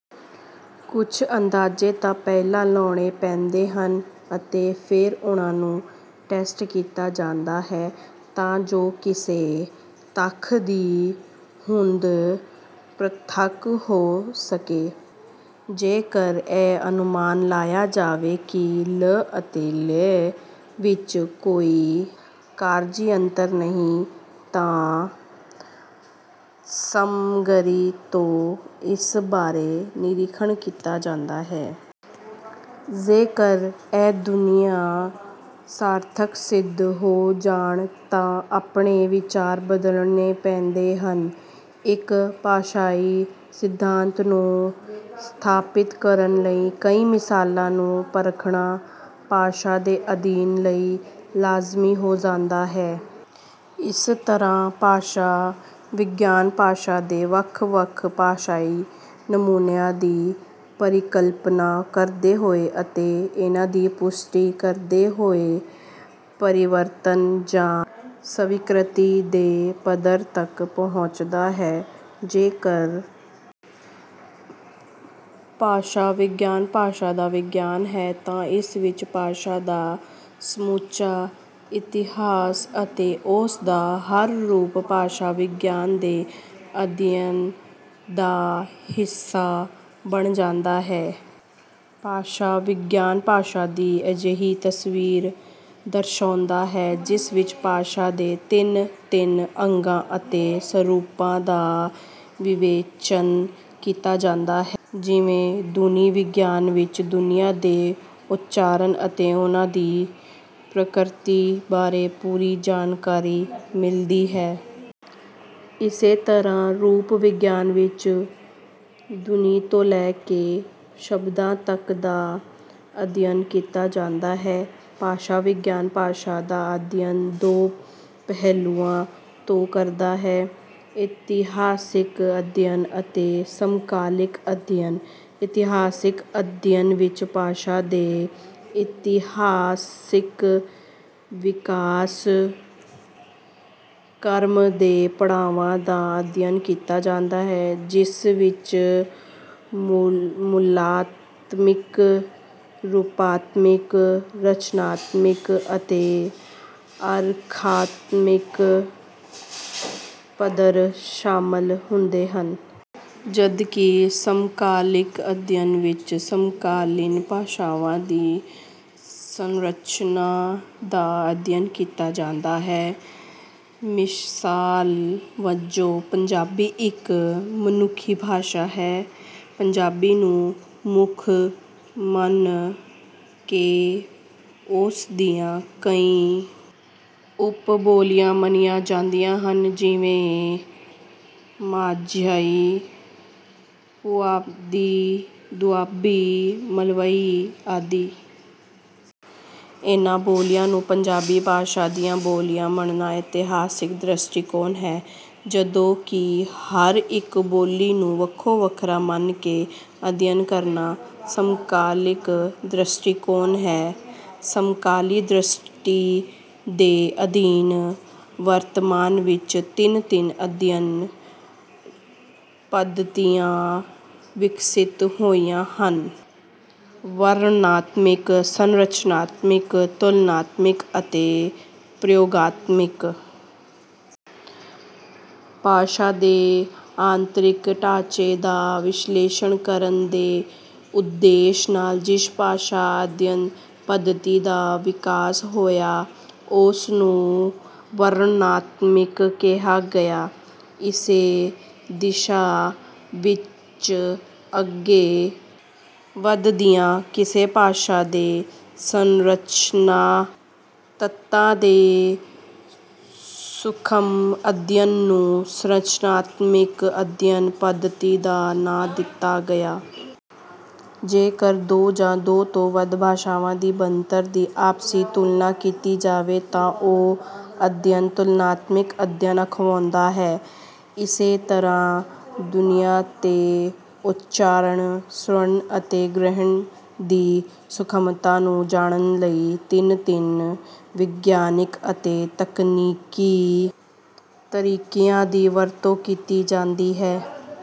ਕੁਝ ਅੰਦਾਜ਼ੇ ਤਾਂ ਪਹਿਲਾਂ ਲਾਉਣੇ ਪੈਂਦੇ ਹਨ ਅਤੇ ਫੇਰ ਉਹਨਾਂ ਨੂੰ ਟੈਸਟ ਕੀਤਾ ਜਾਂਦਾ ਹੈ, ਤਾਂ ਜੋ ਕਿਸੇ ਤੱਥ ਦੀ ਹੋਂਦ ਪ੍ਰਤੱਖ ਹੋ ਸਕੇ। ਜੇਕਰ ਇਹ ਅਨੁਮਾਨ ਲਾਇਆ ਜਾਵੇ ਕਿ 'ਲ' ਅਤੇ 'ਲ਼' ਵਿੱਚ ਕੋਈ ਕਾਰਜੀ ਅੰਤਰ ਨਹੀਂ, ਤਾਂ ਸਮਗਰੀ ਤੋਂ ਇਸ ਬਾਰੇ ਨਿਰੀਖਣ ਕੀਤਾ ਜਾਂਦਾ ਹੈ। ਜੇਕਰ ਇਹ ਧੁਨੀਆਂ ਸਾਰਥਕ ਸਿੱਧ ਹੋ ਜਾਣ, ਤਾਂ ਆਪਣੇ ਵਿਚਾਰ ਬਦਲਣੇ ਪੈਂਦੇ ਹਨ। ਇੱਕ ਭਾਸ਼ਾਈ ਸਿਧਾਂਤ ਨੂੰ ਸਥਾਪਿਤ ਕਰਨ ਲਈ ਕਈ ਮਿਸਾਲਾਂ ਨੂੰ ਪਰਖਣਾ ਭਾਸ਼ਾ ਦੇ ਅਧਿਐਨ ਲਈ ਲਾਜ਼ਮੀ ਹੋ ਜਾਂਦਾ ਹੈ। ਇਸ ਤਰ੍ਹਾਂ ਭਾਸ਼ਾ-ਵਿਗਿਆਨ, ਭਾਸ਼ਾ ਦੇ ਵੱਖ-ਵੱਖ ਭਾਸ਼ਾਈ ਨਮੂਨਿਆਂ ਦੀ ਪਰਿਕਲਪਨਾ ਕਰਦੇ ਹੋਏ ਅਤੇ ਇਹਨਾਂ ਦੀ ਪੁਸ਼ਟੀ ਕਰਦੇ ਹੋਏ, ਪਰਿਵਰਤਨ ਜਾਂ ਸਵੀਕ੍ਰਿਤੀ ਦੇ ਪੱਧਰ ਤੱਕ ਪਹੁੰਚਦਾ ਹੈ। ਜੇਕਰ ਭਾਸ਼ਾ-ਵਿਗਿਆਨ ਭਾਸ਼ਾ ਦਾ ਵਿਗਿਆਨ ਹੈ, ਤਾਂ ਇਸ ਵਿੱਚ ਭਾਸ਼ਾ ਦਾ ਸਮੁੱਚਾ ਇਤਿਹਾਸ ਅਤੇ ਉਸ ਦਾ ਹਰ ਰੂਪ ਭਾਸ਼ਾ-ਵਿਗਿਆਨ ਦੇ ਅਧਿਐਨ ਦਾ ਵਿਸ਼ਾ ਬਣ ਜਾਂਦਾ ਹੈ। ਭਾਸ਼ਾ-ਵਿਗਿਆਨ, ਭਾਸ਼ਾ ਦੀ ਅਜਿਹੀ ਤਸਵੀਰ ਦਰਸਾਉਂਦਾ ਹੈ ਜਿਸ ਵਿੱਚ ਭਾਸ਼ਾ ਦੇ ਭਿੰਨ-ਭਿੰਨ ਅੰਗਾਂ ਅਤੇ ਸਰੂਪਾਂ ਦਾ ਵਿਵੇਚਨ ਕੀਤਾ ਜਾਂਦਾ ਹੈ; ਜਿਵੇਂ ਧੁਨੀ-ਵਿਗਿਆਨ ਵਿੱਚ ਧੁਨੀਆਂ ਦੇ ਉਚਾਰਨ ਅਤੇ ਉਹਨਾਂ ਦੀ ਪ੍ਰਕਿਰਤੀ ਬਾਰੇ ਪੂਰੀ ਜਾਣਕਾਰੀ ਮਿਲਦੀ ਹੈ। ਇਸੇ ਤਰ੍ਹਾਂ ਰੂਪ-ਵਿਗਿਆਨ ਵਿੱਚ ਧੁਨੀ ਤੋਂ ਲੈ ਕੇ ਸ਼ਬਦਾਂ ਤੱਕ ਦਾ ਅਧਿਐਨ ਕੀਤਾ ਜਾਂਦਾ ਹੈ। ਭਾਸ਼ਾ-ਵਿਗਿਆਨੀ ਭਾਸ਼ਾ ਦਾ ਅਧਿਐਨ ਦੋ ਪਹਿਲੂਆਂ ਤੋਂ ਕਰਦਾ ਹੈ: ਇਤਿਹਾਸਿਕ ਅਧਿਐਨ ਅਤੇ ਸਮਕਾਲਿਕ ਅਧਿਐਨ। ਇਤਿਹਾਸਿਕ ਅਧਿਐਨ ਵਿੱਚ ਭਾਸ਼ਾ ਦੇ ਇਤਿਹਾਸਿਕ ਵਿਕਾਸ ਕ੍ਰਮ ਦੇ ਪੜਾਵਾਂ ਦਾ ਅਧਿਐਨ ਕੀਤਾ ਜਾਂਦਾ ਹੈ, ਜਿਸ ਵਿੱਚ ਮੂਲਾਤਮਿਕ, ਰੂਪਾਤਮਿਕ, ਰਚਨਾਤਮਿਕ ਅਤੇ ਅਰਥਾਤਮਿਕ ਪੱਧਰ ਸ਼ਾਮਲ ਹੁੰਦੇ ਹਨ। ਜਦਕਿ ਸਮਕਾਲਿਕ ਅਧਿਐਨ ਵਿੱਚ ਸਮਕਾਲੀਨ ਭਾਸ਼ਾਵਾਂ ਦੀ ਸੰਰਚਨਾ ਦਾ ਅਧਿਐਨ ਕੀਤਾ ਜਾਂਦਾ ਹੈ। ਮਿਸਾਲ ਵਜੋਂ, ਪੰਜਾਬੀ ਇੱਕ ਮਨੁੱਖੀ ਭਾਸ਼ਾ ਹੈ। ਪੰਜਾਬੀ ਨੂੰ ਮੁੱਖ ਮੰਨ ਕੇ ਉਸ ਦੀਆਂ ਕਈ ਉਪ-ਬੋਲੀਆਂ ਮੰਨੀਆਂ ਜਾਂਦੀਆਂ ਹਨ; ਜਿਵੇਂ—ਮਾਝੀ, ਪੁਆਧੀ, ਦੁਆਬੀ, ਮਲਵਈ ਆਦਿ। ਇਹਨਾਂ ਬੋਲੀਆਂ ਨੂੰ ਪੰਜਾਬੀ ਭਾਸ਼ਾ ਦੀਆਂ ਬੋਲੀਆਂ ਮੰਨਣਾ ਇਤਿਹਾਸਿਕ ਦ੍ਰਿਸ਼ਟੀਕੋਣ ਹੈ, ਜਦੋਂ ਕਿ ਹਰ ਇੱਕ ਬੋਲੀ ਨੂੰ ਵੱਖੋ-ਵੱਖਰਾ ਮੰਨ ਕੇ ਅਧਿਐਨ ਕਰਨਾ ਸਮਕਾਲਿਕ ਦ੍ਰਿਸ਼ਟੀਕੋਣ ਹੈ। ਸਮਕਾਲੀ ਦ੍ਰਿਸ਼ਟੀ ਦੇ ਅਧੀਨ ਵਰਤਮਾਨ ਵਿੱਚ ਭਿੰਨ-ਭਿੰਨ ਅਧਿਐਨ-ਪੱਧਤੀਆਂ ਵਿਕਸਿਤ ਹੋਈਆਂ ਹਨ: ਵਰਣਨਾਤਮਿਕ, ਸੰਰਚਨਾਤਮਿਕ, ਤੁਲਨਾਤਮਿਕ ਅਤੇ ਪ੍ਰਯੋਗਾਤਮਿਕ। ਭਾਸ਼ਾ ਦੇ ਆਂਤਰਿਕ ਢਾਂਚੇ ਦਾ ਵਿਸ਼ਲੇਸ਼ਣ ਕਰਨ ਦੇ ਉਦੇਸ਼ ਨਾਲ ਜਿਸ ਭਾਸ਼ਾ-ਅਧਿਐਨ ਪੱਧਤੀ ਦਾ ਵਿਕਾਸ ਹੋਇਆ, ਉਸ ਨੂੰ 'ਵਰਣਨਾਤਮਿਕ' ਕਿਹਾ ਗਿਆ। ਇਸੇ ਦਿਸ਼ਾ ਵਿੱਚ ਅੱਗੇ ਵਧਦਿਆਂ ਕਿਸੇ ਭਾਸ਼ਾ ਦੇ ਸੰਰਚਨਾ-ਤੱਤਾਂ ਦੇ ਸੂਖ਼ਮ ਅਧਿਐਨ ਨੂੰ 'ਸੰਰਚਨਾਤਮਿਕ ਅਧਿਐਨ ਪੱਧਤੀ' ਦਾ ਨਾਂ ਦਿੱਤਾ ਗਿਆ। ਜੇਕਰ ਦੋ ਜਾਂ ਦੋ ਤੋਂ ਵੱਧ ਭਾਸ਼ਾਵਾਂ ਦੀ ਬਣਤਰ ਦੀ ਆਪਸੀ ਤੁਲਨਾ ਕੀਤੀ ਜਾਵੇ, ਤਾਂ ਉਹ ਅਧਿਐਨ 'ਤੁਲਨਾਤਮਿਕ ਅਧਿਐਨ' ਅਖਵਾਉਂਦਾ ਹੈ। ਇਸੇ ਤਰ੍ਹਾਂ ਧੁਨੀਆਂ ਦੇ ਉਚਾਰਨ, ਸ਼੍ਰਵਣ ਅਤੇ ਗ੍ਰਹਿਣ ਦੀ ਸੂਖ਼ਮਤਾ ਨੂੰ ਜਾਣਨ ਲਈ ਭਿੰਨ-ਭਿੰਨ ਵਿਗਿਆਨਿਕ ਅਤੇ ਤਕਨੀਕੀ ਤਰੀਕਿਆਂ ਦੀ ਵਰਤੋਂ ਕੀਤੀ ਜਾਂਦੀ ਹੈ।